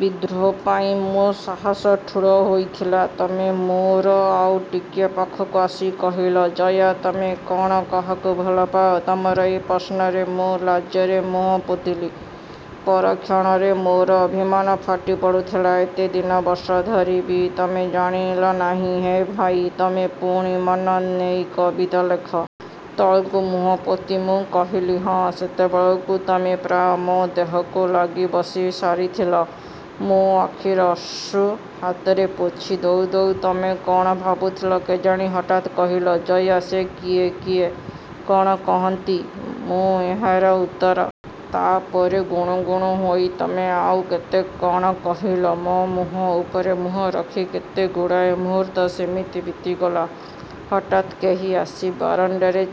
ବିଦ୍ରୋହ ପାଇଁ ମୋ ସାହସ ଠୁଳ ହୋଇଥିଲା? ତମେ ମୋର ଆଉ ଟିକିଏ ପାଖକୁ ଆସି କହିଲ, ଜୟା ତମେ କ'ଣ କାହାକୁ ଭଲ ପାଅ-? ତମର ଏ ପ୍ରଶ୍ନରେ ମୁଁ ଲାଜରେ ମୁହଁ ପୋତିଲି। ପର କ୍ଷଣରେ ମୋର ଅଭିମାନ ଫାଟି ପଡ଼ୁଥିଲା। ଏତେ ଦିନ, ବର୍ଷ ଧରି ବି ତମେ ଜାଣିଲ ନାହିଁ ହେମ ଭାଇ, ତମେ ପୁଣି ମନ ନେଇ କବିତା ଲେଖ। ତଳକୁ ମୁହଁ ପୋତି ମୁଁ କହିଲି ହଁ। ସେତେବେଳକୁ ତମେ ପ୍ରାୟ ମୋ ଦେହକୁ ଲାଗି ବସି ସାରିଥିଲ। ମୋ ଆଖିର ଅଶ୍ରୁ ହାତରେ ପୋଛି ଦଉ ଦଉ ତମେ କ'ଣ ଭାବୁଥିଲ କେଜାଣି। ହଠାତ୍ କହିଲ। ଜୟା, ସେ କିଏ? କିଏ? କ'ଣ କହନ୍ତି ମୁଁ ଏହାର ଉତ୍ତର? ତା' ପରେ ଗୁଣୁଗୁଣୁ ହୋଇ ତମେ ଆଉ କେତେ କ'ଣ କହିଲ। ମୋ ମୁହଁ ଉପରେ ମୁହଁ ରଖି କେତେଗୁଡ଼ାଏ ମୁହୂର୍ତ୍ତ ସେମିତି ବିତିଗଲା। ହଠାତ୍ କେହି ଆସି ବାରଣ୍ଡାରେ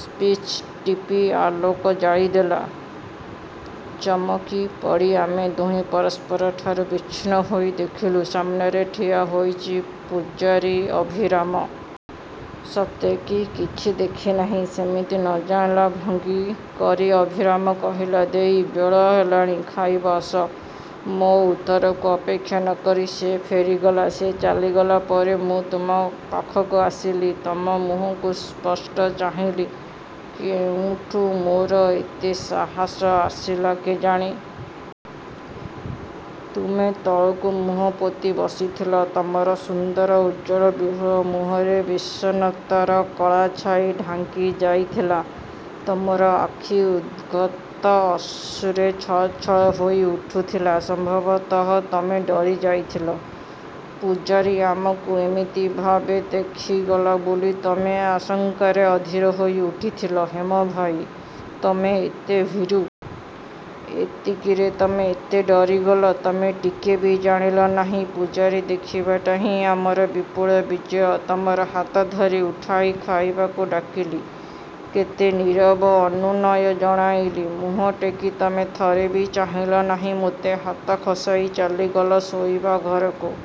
ସ୍ପିଚ୍ ଟିପି ଆଲୋକ ଜାଳିଦେଲା। ଚମକି। ପଡ଼ି ଆମେ ଦୁହେଁ ପରସ୍ପରଠାରୁ ବିଚ୍ଛିନ୍ନ ହୋଇ ଦେଖିଲୁ, ସାମ୍ନାରେ ଠିଆ ହୋଇଚି ପୁଝାରୀ ଅଭିରାମ। ସତେ କି କିଛି ଦେଖିନାହିଁ। ସେମିତି ନ ଜାଣିଲା ଭଙ୍ଗୀ କରି ଅଭିରାମ କହିଲା–ଦେଈ, ବେଳ ହେଲାଣି ଖାଇବ ଆସ। ମୋ ଉତ୍ତରକୁ ଅପେକ୍ଷା ନ କରି ସେ ଫେରିଗଲା। ସେ ଚାଲିଗଲା ପରେ ମୁଁ ତମ ପାଖକୁ ଆସିଲି। ତମ ମୁହଁକୁ ସ୍ପଷ୍ଟ ଚାହିଁଲି, କେଉଁଠୁ ମୋର ଏତେ ସାହାସ ଆସିଲା କେଜାଣି! ତୁମେ ତଳକୁ ମୁହ ପୋତି ବସିଥିଲ। ତମର ସୁନ୍ଦର ଉଜ୍ଜ୍ୱଳ ବିହ୍ୱଳ ମୁହଁରେ ବିଷର୍ଣ୍ଣତାର କଳାଛାଇ ଢାଙ୍କି ଯାଇଥିଲା। ତମର ଆଖି ଉଦ୍ଗତ ଅଶ୍ରୁରେ ଛଳ ଛଳ ହୋଇ ଉଠୁଥିଲା। ସମ୍ଭବତଃ ତମେ ଡରି ଯାଇଥିଲ। ପୁଝାରୀ ଆମକୁ ଏମିତିଭାବେ ଦେଖିଗଲା ବୋଲି ତମେ ଆଶଙ୍କାରେ ଅଧୀର ହୋଇ ଉଠୁଥିଲ ହେମ ଭାଇ, ତମେ ଏତେ ଭୀରୁ। ଏତିକିରେ ତମେ ଏତେ ଡରିଗଲ? ତମେ ଟିକେ ବି ଜାଣିଲ ନାହିଁ, ପୁଝାରୀ ଦେଖିବାଟା ହିଁ ଆମର ବିପୁଳ ବିଜୟ। ତମର ହାତଧରି ଉଠାଇ, ଖାଇବାକୁ ଡାକିଲି। କେତେ ନୀରବ ଅନୁନୟ ଜଣାଇଲି। ମୁହଁ ଟେକି ତମେ ଥରେ ବି ଚାହିଁଲ ନାହିଁ ମତେ। ହାତ ଖସାଇ ଚାଲିଗଲ ଶୋଇବା ଘରକୁ।